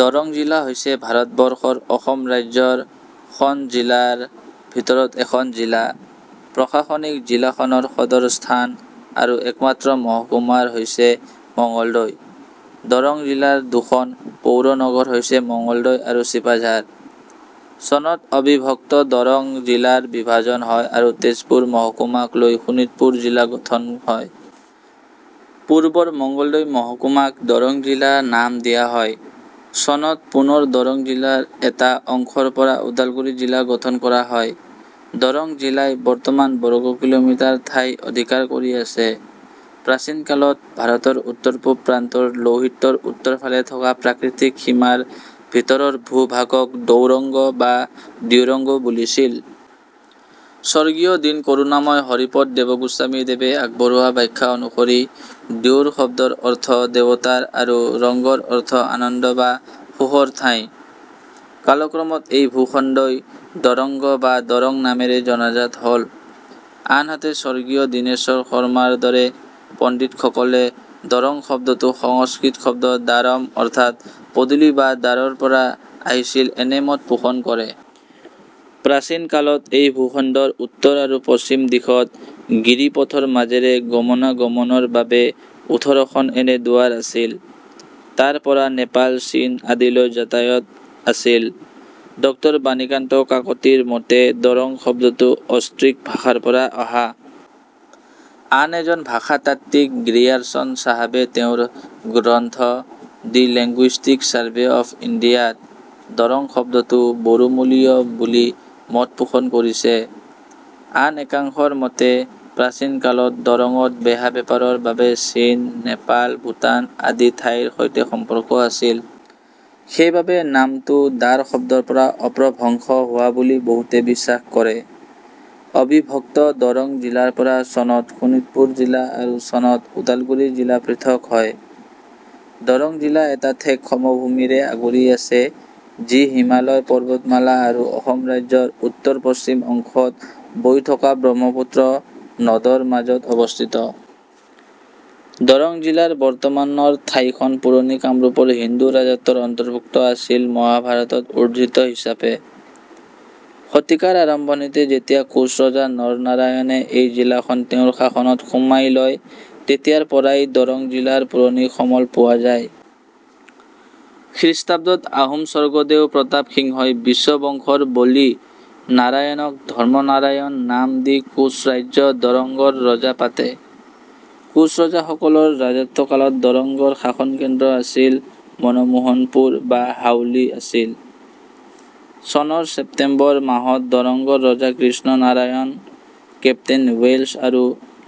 দৰং জিলা: হৈছে ভাৰত বৰ্ষৰ অসম ৰাজ্যৰ খন জিলা ৰ ভিতৰত এখন জিলা। প্ৰশাসনিক জিলাখনৰ সদৰ স্থান আৰু একমাত্ৰ মহকুমাৰ হৈছে মঙ্গলদৈ। দৰং জিলাৰ দুখন পৌৰ নগৰ হৈছে মংগলদৈ আৰু ছিপাঝাৰ। চনত অবিভক্ত দৰং জিলাৰ বিভাজন হয় আৰু তেজপুৰ মহকুমাক লৈ শোণিতপুৰ জিলা গঠন হয়। পূৰ্বৰ মঙ্গলদৈ মহকুমাক দৰং জিলা নাম দিয়া হয়। চনত পুনৰ দৰং জিলাৰ এটা অংশৰ পৰা ওদালগুৰি জিলা গঠন কৰা হয়। দৰং জিলাই বৰ্তমান বৰ্গ কিলোমিটাৰ ঠাই অধিকাৰ কৰি আছে। প্ৰাচীনকালত ভাৰতৰ উত্তৰ পূব প্ৰান্তৰ লৌহিত্যৰ উত্তৰ ফালে থকা প্ৰাকৃতিক সীমাৰ ভিতৰৰ ভূ-ভাগক দৌৰঙ্গ বা দ্যোৰঙ্গ বুলিছিল। স্বগীয় দীন কৰুণাময় হৰিপদ দেৱগোস্বামীদেৱে আগবঢ়োৱা ব্যাখ্যা অনুসৰি ' দ্যোৰ' শব্দৰ অৰ্থ দেৱতাৰ আৰু ' ৰঙ্গ' ৰ অৰ্থ আনন্দ বা সুখৰ ঠাই। কালক্ৰমত এই ভূ-খণ্ডই দৰঙ্গ বা দৰং নামেৰে জনাজাত হল। আনহাতে স্বৰ্গীয় দিনেশ্বৰ শৰ্মা ৰ দৰে পণ্ডিত সকলে দৰং শব্দটো সংস্কৃত শব্দ দ্বাৰম অৰ্থাত পদূলি বা দ্বাৰ'ৰ পৰা আহিছিল এনে মত পোষণ কৰে। প্ৰাচীন কালত এই ভূ-খণ্ডৰ উত্তৰ আৰু পশ্চিম দিশত গিৰিপথৰ মাজেৰে গমনা-গমনৰ বাবে ওঁঠৰখন এনে দুৱাৰ আছিল। তাৰ পৰা নেপাল, চীন আদিলৈ যাতায়াত আছিল। ড॰ বাণীকান্ত কাকতি ৰ মতে দৰং শব্দতো অষ্ট্ৰিক ভাষাৰ পৰা অহা। আন এজন ভাষাতাত্ত্বিক গ্ৰিয়াৰ্ছন চাহাবে তেওঁৰ গ্ৰন্থ 'ডি লেংগুইষ্টিক চাৰ্ভে অৱ ইণ্ডিয়া'ত দৰং শব্দটো বড়োমূলীয় বুলি মত পোষণ কৰিছে। আন একাংশৰ মতে প্ৰাচীন কালত দৰঙত বেহা বেপাৰৰ বাবে চীন, নেপাল, ভুটান আদি ঠাইৰ সৈতে সম্পৰ্ক আছিল। সেই বাবে নামটো দ্বাৰ শব্দৰ পৰা অপ্ৰভংশ হোৱা বুলি বহুতে বিশ্বাস কৰে। অবিভক্ত দৰং জিলাৰ পৰা চনত শোণিতপুৰ জিলা আৰু চনত ওদালগুৰি জিলা পৃথক হয়। দৰং জিলা এটা ঠেক সমভূমিৰে আগুৰি আছে যি হিমালয় পৰ্বতমালা আৰু অসম ৰাজ্যৰ উত্তৰ পশ্চিম অংশত বৈ থকা ব্ৰহ্মপুত্ৰ নদ ৰ মাজত অৱস্থিত। দৰং জিলাৰ বৰ্তমানৰ ঠাইখন পুৰণি কামৰূপৰ হিন্দু ৰাজত্বৰ অন্তৰ্ভুক্ত আছিল মহাভাৰতত উৰ্দ্ধিত হিচাপে। শতিকাৰ আৰম্ভণিতে যেতিয়া কোঁচ ৰজা নৰনাৰায়ণে এই জিলাখন তেওঁৰ শাসনত সোমাই লয় তেতিয়াৰ পৰাই দৰং জিলাৰ পুৰনি সমল পোৱা যায়। খ্ৰীষ্টাব্দত আহোম স্বৰ্গদেউ প্ৰতাপ সিংহই বিশ্ব বংশৰ বলি নাৰায়নক, ধৰ্মনাৰায়ন নাম দি কোচ ৰাজ্য দৰঙ্গৰ ৰজা পাতে। কোচৰজা সকলৰ ৰাজত্ব কালত দৰঙ্গৰ শাসনকেন্দ্ৰ আছিল মনমোহনপূৰ বা হাউলি আছিল। চনৰ ছেপ্তেম্বৰ মাহত দৰঙ্গৰ ৰজা কৃষ্ণ নাৰায়ণ, কেপ্তেইন ৱেলছ আৰু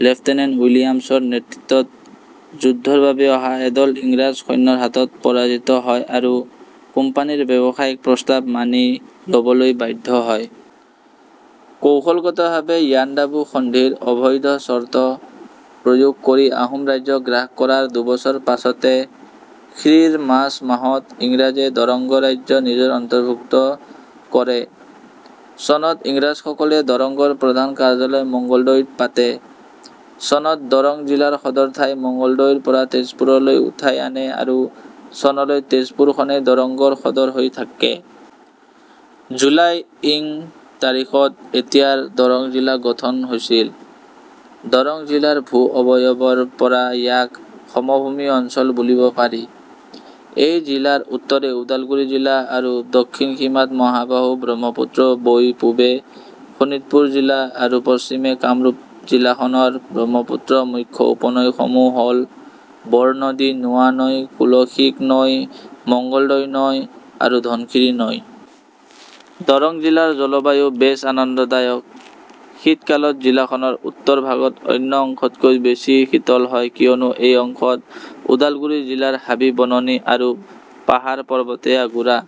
লেফটেনেণ্ট উইলিয়ামছৰ নেতৃত্বত যুদ্ধৰ বাবে অহা এদল ইংৰাজ সৈন্যৰ হাতত পৰাজিত হয় আৰু কোম্পানীৰ ব্যৱসায়িক প্ৰস্তাৱ মানি লবলৈ বাধ্য হয়। কৌশলগতভাৱে ইয়াণ্ডাবু সন্ধি ৰ অবৈধ চৰ্ত প্ৰয়োগ কৰি আহোম ৰাজ্য গ্ৰাস কৰাৰ দুবছৰ পাছতে খ্ৰীঃৰ মাৰ্চ মাহত ইংৰাজে দৰঙ্গ ৰাজ্য নিজৰ অন্তৰ্ভুক্ত কৰে। চনত ইংৰাজসকলে দৰঙ্গৰ প্ৰধান কাৰ্যালয় মঙ্গলদৈত পাতে। চনত দৰং জিলাৰ সদৰ ঠাই মঙ্গলদৈৰ পৰা তেজপুৰলৈ উঠাই আনে আৰু চনলৈ তেজপুৰ খনেই দৰঙ্গৰ সদৰ হৈ থাকে। জুলাই ইং তাৰিখত এতিয়াৰ দৰং জিলা গঠন হৈছিল। দৰং জিলাৰ ভূ অৱয়বৰ পৰা ইয়াক সমভূমি অঞ্চল বুলিব পাৰি। এই জিলাৰ উত্তৰে ওদালগুৰি জিলা আৰু দক্ষিণ সীমাত মহাবাহু ব্ৰহ্মপুত্ৰ বৈ পূবে শোণিতপুৰ জিলা আৰু পশ্চিমে কামৰূপ জিলাখনৰ ব্ৰহ্মপুত্ৰৰ মুখ্য উপনৈ সমূহ হ'ল- বৰনদী, নোৱানৈ, কুলশীক নৈ, মঙ্গলদৈ নৈ আৰু ধনশিৰি নৈ। দৰং জিলাৰ জলবায়ু বেছ আনন্দদায়ক। শীতকালত জিলাখনৰ উত্তৰ ভাগত অন্য অংশতকৈ বেছি শীতল হয় কিয়নো এই অংশত ওডালগুৰি জিলাৰ হাবি-বননি আৰু পাহাৰ-পৰ্বতে আগুৰা।